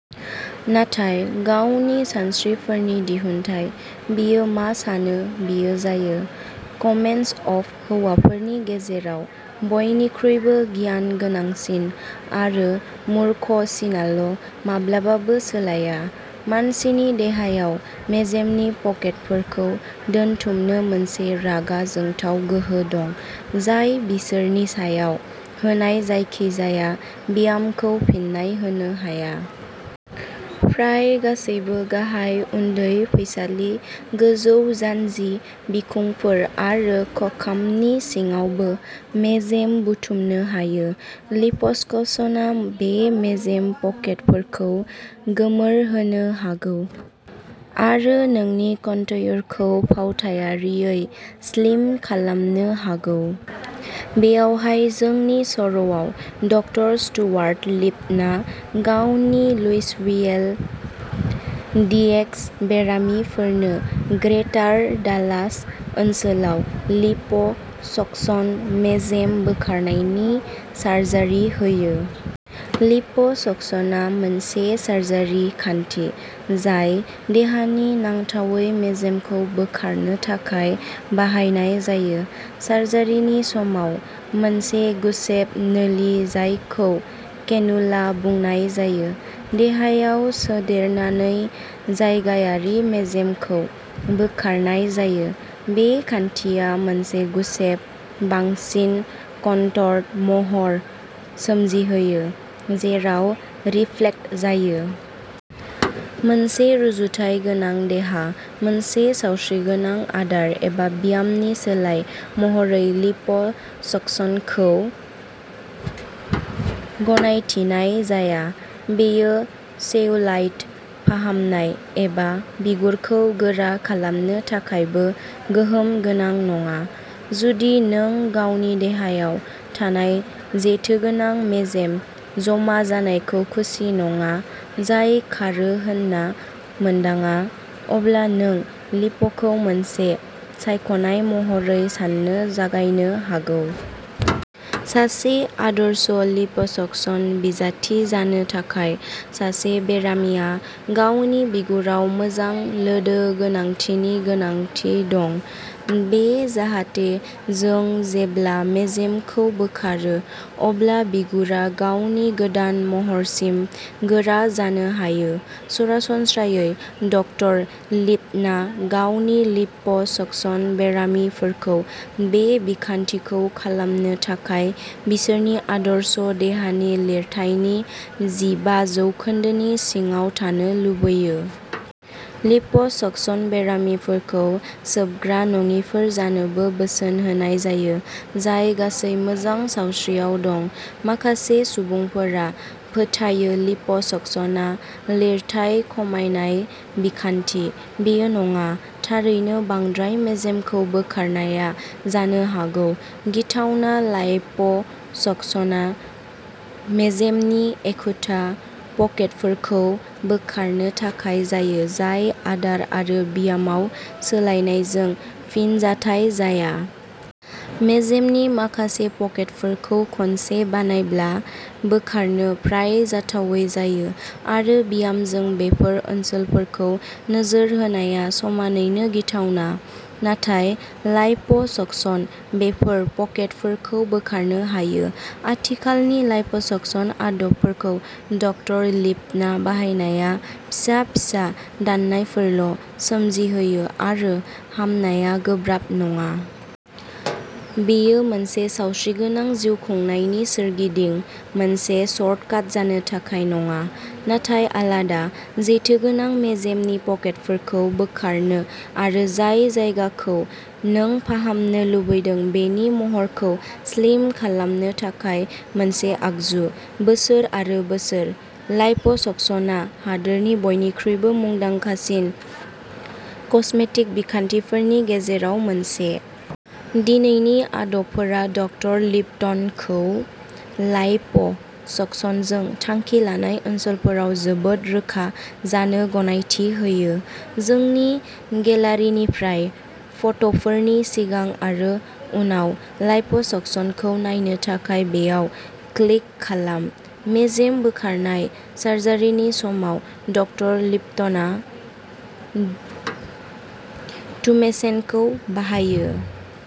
नाथाय गावनि सानस्रिफोरनि दिहुनथाइ। बियो मा सानो, बियो जायो। कमेन्ट्स अफ हौवाफोरनि गेजेराव बयनिख्रुइबो गियान गोनांसिन आरो मूर्ख सिनाल' माब्लाबाबो सोलाया। मानसिनि देहायाव मेजेमनि पकेटफोरखौ दोनथुमनो मोनसे रागा जोंथाव गोहो दं, जाय बिसोरनि सायाव होनाय जायखिजाया ब्यामखौ फिन्नाय होनो हाया। फ्राय गासैबो गाहाय उदै, फैसालि, गोजौ जानजि, बिखुंफोर आरो खखामनि सिङावबो मेजेम बुथुमनो हायो। लिप'सक्सनआ बे मेजेम पकेटफोरखौ गोमोरहोनो हागौ आरो नोंनि कनट्युरखौ फावथायारियै स्लिम खालामनो हागौ। बेवहाय जोंनि सर'आव, डकटर स्टुआर्ट लिप्टना गावनि लुइसविले, दिएक्स बेरामिफोरनो ग्रेटार डालास ओनसोलाव लिप' सक्सन मेजेम बोखारनायनि सार्जारि होयो। लिप' सक्सनआ मोनसे सार्जारि खान्थि, जाय देहानि नांथावै मेजेमखौ बोखारनो थाखाय बाहायनाय जायो। सार्जारिनि समाव, मोनसे गुसेब नोलि जायखौ केनुला बुंनाय जायो, देहायाव सोदेरनानै जायगायारि मेजेमखौ बोखारनाय जायो। बे खान्थिया मोनसे गुसेब, बांसिन कनटर्ड महर सोमजिहोयो, जेराव रिफ्लेक्ट जायो। मोनसे रुजुथाय गोनां देहा। मोनसे सावस्रिगोनां आदार एबा ब्यामनि सोलाय महरै लिप' सक्सनखौ गनायथिनाय जाया। बेयो सेल्युलाइट फाहामनाय एबा बिगुरखौ गोरा खालामनो थाखायबो गोहोम गोनां नङा। जुदि नों गावनि देहायाव थानाय जेथोगोनां मेजेम जमा जानायजों खुसि नङा, जाय खारो होनना मोनदाङा, अब्ला नों लिप'खौ मोनसे सायख'नाय महरै सान्नो जागायनो हागौ। सासे आदर्श लिप'सक्सन बिजाथि जानो थाखाय, सासे बेरामिया गावनि बिगुराव मोजां लोदो गोनांथिनि गोनांथि दं। बेयो जाहाथे जों जेब्ला मेजेमखौ बोखारो अब्ला बिगुरा गावनि गोदान महरसिम गोरा जानो हायो। सरासनस्रायै, डकटर लिप्टना गावनि लिप' सक्सन बेरामिफोरखौ बे बिखान्थिखौ खालामनो थाखाय बिसोरनि आदर्श देहानि लिरथायनि जिबा जौखोन्दोनि सिङाव थानो लुबैयो। लिप' सक्सन बेरामिफोरखौ सोबग्रा नङिफोर जानोबो बोसोन होनाय जायो जाय गासै मोजां सावस्रियाव दं। माखासे सुबुंफोरा फोथायो लिप' सक्सनआ लिरथाय खमायनाय बिखान्थि। बेयो नङा। थारैनो, बांद्राय मेजेमखौ बोखारनाया जानो हागौ। गिथावना लाइप' सकसनआ मेजेमनि एखुथा पकेटफोरखौ बोखारनो थाखाय जायो, जाय आदार आरो ब्यामाव सोलायनायजों फिनजाथाय जाया। मेजेमनि माखासे पकेटफोरखौ खनसे बानायब्ला बोखारनो फ्राय जाथावै जायो। आरो ब्यामजों बेफोर ओनसोलफोरखौ नोजोर होनाया समानैनो गिथावना। नाथाय लाइप' सकसनआ बेफोर पकेटफोरखौ बोखारनो हायो। आथिखालनि लाइप'सकसन आदबफोरखौ डकटर लिप्टना बाहायनाया फिसा फिसा दाननायफोरल' सोमजिहोयो आरो हामनाया गोब्राब नङा। बेयो मोनसे सावस्रिगोनां जिउखुंनायनि सोरगिदिं मोनसे सर्टकाट जानो थाखाय नङा, नाथाय आलादा, जेथोगोनां मेजेमनि पकेटफोरखौ बोखारनो आरो जाय जायगाखौ नों फाहामनो लुबैदों बेनि महरखौ स्लिम खालामनो थाखाय मोनसे आगजु। बोसोर आरो बोसोर, लाइप'सकसनआ हादोरनि बयनिख्रुइबो मुंदांखासिन कस्मेटिक बिखान्थिफोरनि गेजेराव मोनसे। दिनैनि आदबफोरा डकटर लिप्टनखौ लाइप' सकसनजों थांखि लानाय ओनसोलफोराव जोबोद रोखा जानो गनायथि होयो। जोंनि गेलारिनिफ्राय फट'फोरनि सिगां आरो उनाव लाइप'सकसनखौ नायनो थाखाय बेयाव क्लिक खालाम। मेजेम बोखारनाय सार्जारिनि समाव, डकटर लिप्टना टुमेसेन्टखौ बाहायो।